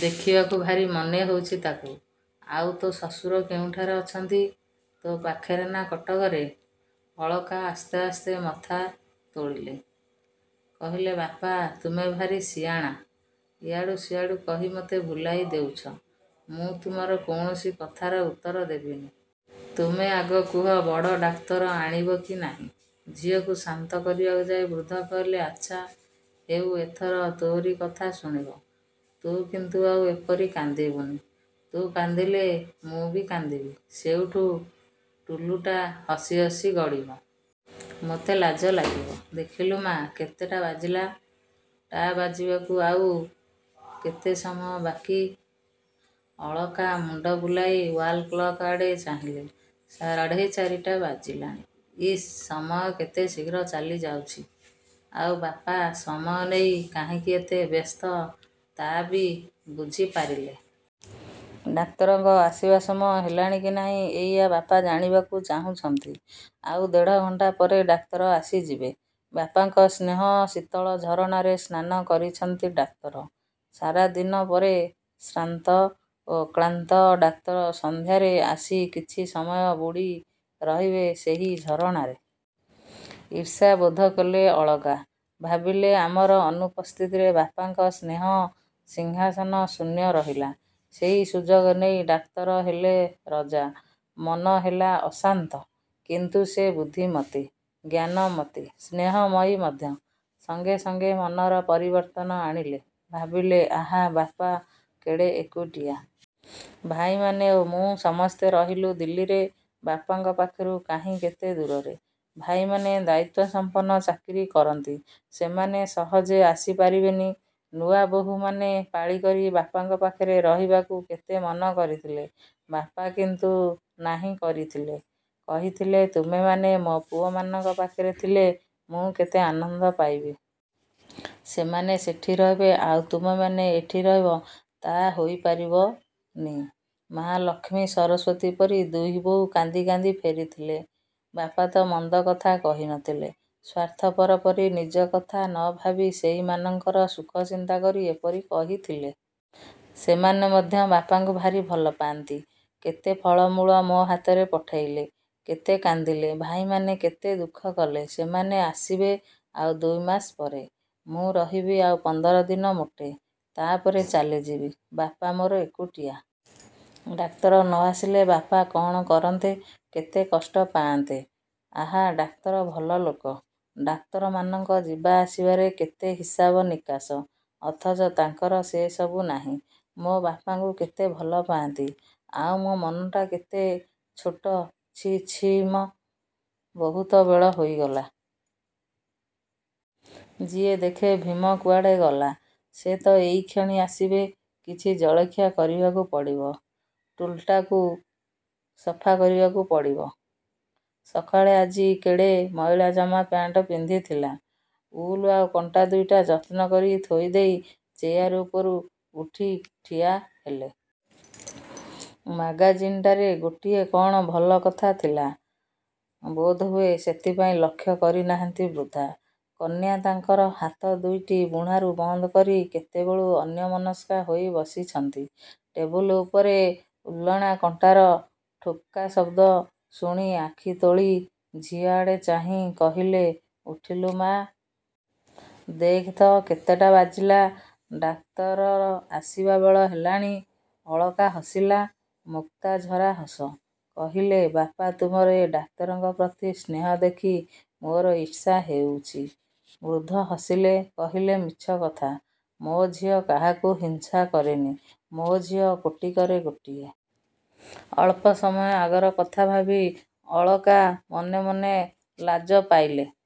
ଦେଖିବାକୁ ଭାରି ମନହେଉଛି ତାକୁ। ଆଉ ତୋ ଶ୍ୱଶୁର-କେଉଁଠାରେ ଅଛନ୍ତି, ତୋ ପାଖରେ ନା କଟକରେ? ଅଳକା ଆସ୍ତେ ଆସ୍ତେ ମଥା ତୋଳିଲେ। କହିଲେ ବାପା ତୁମେ ଭାରି ସିଆଣା। ଏଆଡ଼ୁ ସେଆଡ଼ୁ କହି ମୋତେ ଭୁଲାଇ ଦେଉଛ। ମୁଁ ତୁମର କୌଣସି କଥାର ଉତ୍ତର ଦେବିନି। ତୁମେ ଆଗ କୁହ ବଡ଼ ଡାକ୍ତର ଆଣିବ କି ନାହିଁ? ଝିଅକୁ ଶାନ୍ତ କରିବାକୁ ଯାଇ ବୃଦ୍ଧ କହିଲେ, ଆଛା ହେଉ ଏଥର ତୋରି କଥା ଶୁଣିବ। ତୁ କିନ୍ତୁ ଆଉ ଏପରି କାନ୍ଦିବୁନି। ତୁ କାନ୍ଦିଲେ ମୁଁ ବି କାନ୍ଦିବି। ସେଉଠୁ ଟୁଲୁଟା ହସି ହସି ଗଡ଼ିବ। ମୋତେ ଲାଜ ଲାଗିବ। ଦେଖିଲୁ ମା' କେତେଟା ବାଜିଲା, ଟା ବାଜିବାକୁ ଆଉ କେତେ ସମୟ ବାକି। ଅଳକା ମୁଣ୍ଡ ବୁଲାଇ ଓ୍ୱାଲ କ୍ଲକ ଆଡ଼େ ଚାହିଁଲେ। ସାଢ଼େ ଚାରିଟା ବାଜିଲାଣି। ଇସ୍ ସମୟ କେତେ ଶୀଘ୍ର ଚାଲିଯାଉଛି। ଆଉ ବାପା ସମୟ ନେଇ କାହିଁକି ଏତେ ବ୍ୟସ୍ତ ତା ବି ବୁଝିପାରିଲେ। ଡାକ୍ତରଙ୍କ ଆସିବା ସମୟ ହେଲାଣି କି ନାହିଁ ଏଇଆ ବାପା ଜାଣିବାକୁ ଚାହୁଁଛନ୍ତି। ଆଉ ଦେଢ଼ ଘଣ୍ଟା ପରେ ଡାକ୍ତର ଆସିଯିବେ। ବାପାଙ୍କ ସ୍ନେହ ଶୀତଳ ଝରଣାରେ ସ୍ନାନ କରିଛନ୍ତି ଡାକ୍ତର। ସାରାଦିନ ପରେ ଶ୍ରାନ୍ତ ଓ କ୍ଳାନ୍ତ ଡାକ୍ତର ସଂଧ୍ୟାରେ ଆସି କିଛି ସମୟ ବୁଡ଼ି ରହିବେ ସେହି ଝରଣାରେ। ଈର୍ଷା ବୋଧକଲେ ଅଳକା। ଭାବିଲେ ଆମର ଅନୁପସ୍ଥିତିରେ ବାପାଙ୍କ ସ୍ନେହ ସିଂହାସନ ଶୂନ୍ୟ ରହିଲା। ସେଇ ସୁଯୋଗ ନେଇ ଡାକ୍ତର ହେଲେ ରଜା। ମନ ହେଲା ଅଶାନ୍ତ। କିନ୍ତୁ ସେ ବୁଦ୍ଧିମତୀ, ଜ୍ଞାନବତୀ, ସ୍ନେହମୟୀ ମଧ୍ୟ। ସଙ୍ଗେ ସଙ୍ଗେ ମନର ପରିବର୍ତ୍ତନ ଆଣିଲେ। ଭାବିଲେ ଆହା ବାପା କେଡ଼େ ଏକୁଟିଆ। ଭାଇମାନେ ଓ ମୁଁ ସମସ୍ତେ ରହିଲୁ ଦିଲ୍ଲୀରେ-। ବାପାଙ୍କ ପାଖରୁ କାହିଁ କେତେ ଦୂରରେ। ଭାଇମାନେ ଦାୟୀତ୍ୱସମ୍ପନ୍ନ ଚାକିରି କରନ୍ତି-। ସେମାନେ ସହଜେ ଆସିପାରିବେନି। ନୂଆବୋହୂମାନେ ପାଳିକରି ବାପାଙ୍କ ପାଖରେ ରହିବାକୁ କେତେ ମନ କରିଥିଲେ। ବାପା କିନ୍ତୁ ନାହିଁ କରିଥିଲେ, କହିଥିଲେ ତୁମେମାନେ ମୋ ପୁଅମାନଙ୍କ ପାଖରେ ଥିଲେ ମୁଁ କେତେ ଆନନ୍ଦ ପାଇବି। ସେମାନେ ସେଠି ରହିବେ ଆଉ ତୁମେମାନେ ଏଠି ରହିବ, ତା' ହୋଇପାରିବନି ମା'। ଲକ୍ଷ୍ମୀ, ସରସ୍ୱତୀ ପରି ଦୁଇବୋହୂ କାନ୍ଦି କାନ୍ଦି ଫେରିଥିଲେ। ବାପାତ ମନ୍ଦ କଥା କହିନଥିଲେ। ସ୍ୱାର୍ଥପର ପରି ନିଜ କଥା ନ ଭାବି ସେଇମାନଙ୍କର ସୁଖ ଚିନ୍ତା କରି ଏପରି କହିଥିଲେ। ସେମାନେ ମଧ୍ୟ ବାପାଙ୍କୁ ଭାରି ଭଲପା'ନ୍ତି। କେତେ ଫଳ ମୂଳ ମୋ ହାତରେ ପଠାଇଲେ, କେତେ କାନ୍ଦିଲେ। ଭାଇମାନେ କେତେ ଦୁଃଖ କଲେ। ସେମାନେ ଆସିବେ ଆଉ ଦୁଇମାସ ପରେ। ମୁଁ ରହିବି ଆଉ ପନ୍ଦର ଦିନ ମୋଟେ। ତାପରେ ଚାଲିଯିବି। ବାପା ମୋର ଏକୁଟିଆ। ଡାକ୍ତର ନ ଆସିଲେ ବାପା କ'ଣ କରନ୍ତେ,। କେତେ କଷ୍ଟ ପାଆନ୍ତେ। ଆହା ଡାକ୍ତର ଭଲ ଲୋକ। ଡାକ୍ତରମାନଙ୍କ ଯିବା ଆସିବାରେ କେତେ ହିସାବ ନିକାଶ। ଅଥଚ ତାଙ୍କର ସେ ସବୁ ନାହିଁ। ମୋ ବାପାଙ୍କୁ କେତେ ଭଲପାନ୍ତି। ଆଉ ମୋ ମନଟା କେତେ ଛୋଟ ଛି, ଛି ଇମ୍, ବହୁତ ବେଳ ହୋଇଗଲା। ଯାଏ ଦେଖେ ଭୀମ କୁଆଡ଼େ ଗଲା। ସେ ତ ଏଇକ୍ଷଣି ଆସିବେ-। କିଛି ଜଳଖିଆ କରିବାକୁ ପଡ଼ିବ। ଟୁଲ୍ଟାକୁ ସଫା କରିବାକୁ ପଡ଼ିବ। ସକାଳେ ଆଜି କେଡ଼େ ମଇଳା ଜାମା ପ୍ୟାଣ୍ଟ ପିନ୍ଧିଥିଲା। ଉଲ୍ ଆଉ କଣ୍ଟା ଦୁଇଟା ଯତ୍ନ କରି ଥୋଇଦେଇ ଚେୟାର ଉପରୁ ଉଠି ଠିଆହେଲେ। ମାଗାଜିନଟାରେ ଗୋଟିଏ କ'ଣ ଭଲ କଥା ଥିଲା ବୋଧହୁଏ, ସେଥିପାଇଁ ଲକ୍ଷ୍ୟ କରିନାହାନ୍ତି ବୃଦ୍ଧା କନ୍ୟା ତାଙ୍କର ହାତ ଦୁଇଟି ବୁଣାରୁ ବନ୍ଦ କରି କେତେବେଳୁ ଅନ୍ୟମନସ୍କା ହୋଇ ବସିଛନ୍ତି। ଟେବୁଲ୍ ଉପରେ ଉଲ୍ବୁଣା କଣ୍ଟାର ଠୁକ୍ଠାକ ଶବ୍ଦ ଶୁଣି ଆଖି ତୋଳି ଝିଅଆଡ଼େ ଚାହିଁ କହିଲେ-ଉଠିଲୁ ମା'? ଦେଖତ କେତେଟା ବାଜିଲା। ଡାକ୍ତରର ଆସିବା ବେଳ ହେଲାଣି। ଅଳକା ହସିଲା ମୁକ୍ତାଝରା ହସ। କହିଲେ-ବାପା ତୁମର ଏ ଡାକ୍ତରଙ୍କ ପ୍ରତି ସ୍ନେହ ଦେଖି ମୋର ଈର୍ଷାହେଉଛି। ବୃଦ୍ଧ ହସିଲେ, କହିଲେ-ମିଛ କଥା, ମୋ ଝିଅ କାହାକୁ ହିଂସା କରେନି। ମୋ ଝିଅ କୋଟିକରେ ଗୋଟିଏ। ଅଳ୍ପ ସମୟ ଆଗର କଥା ଭାବି ଅଳକା ମନେ ମନେ ଲାଜ ପାଇଲେ।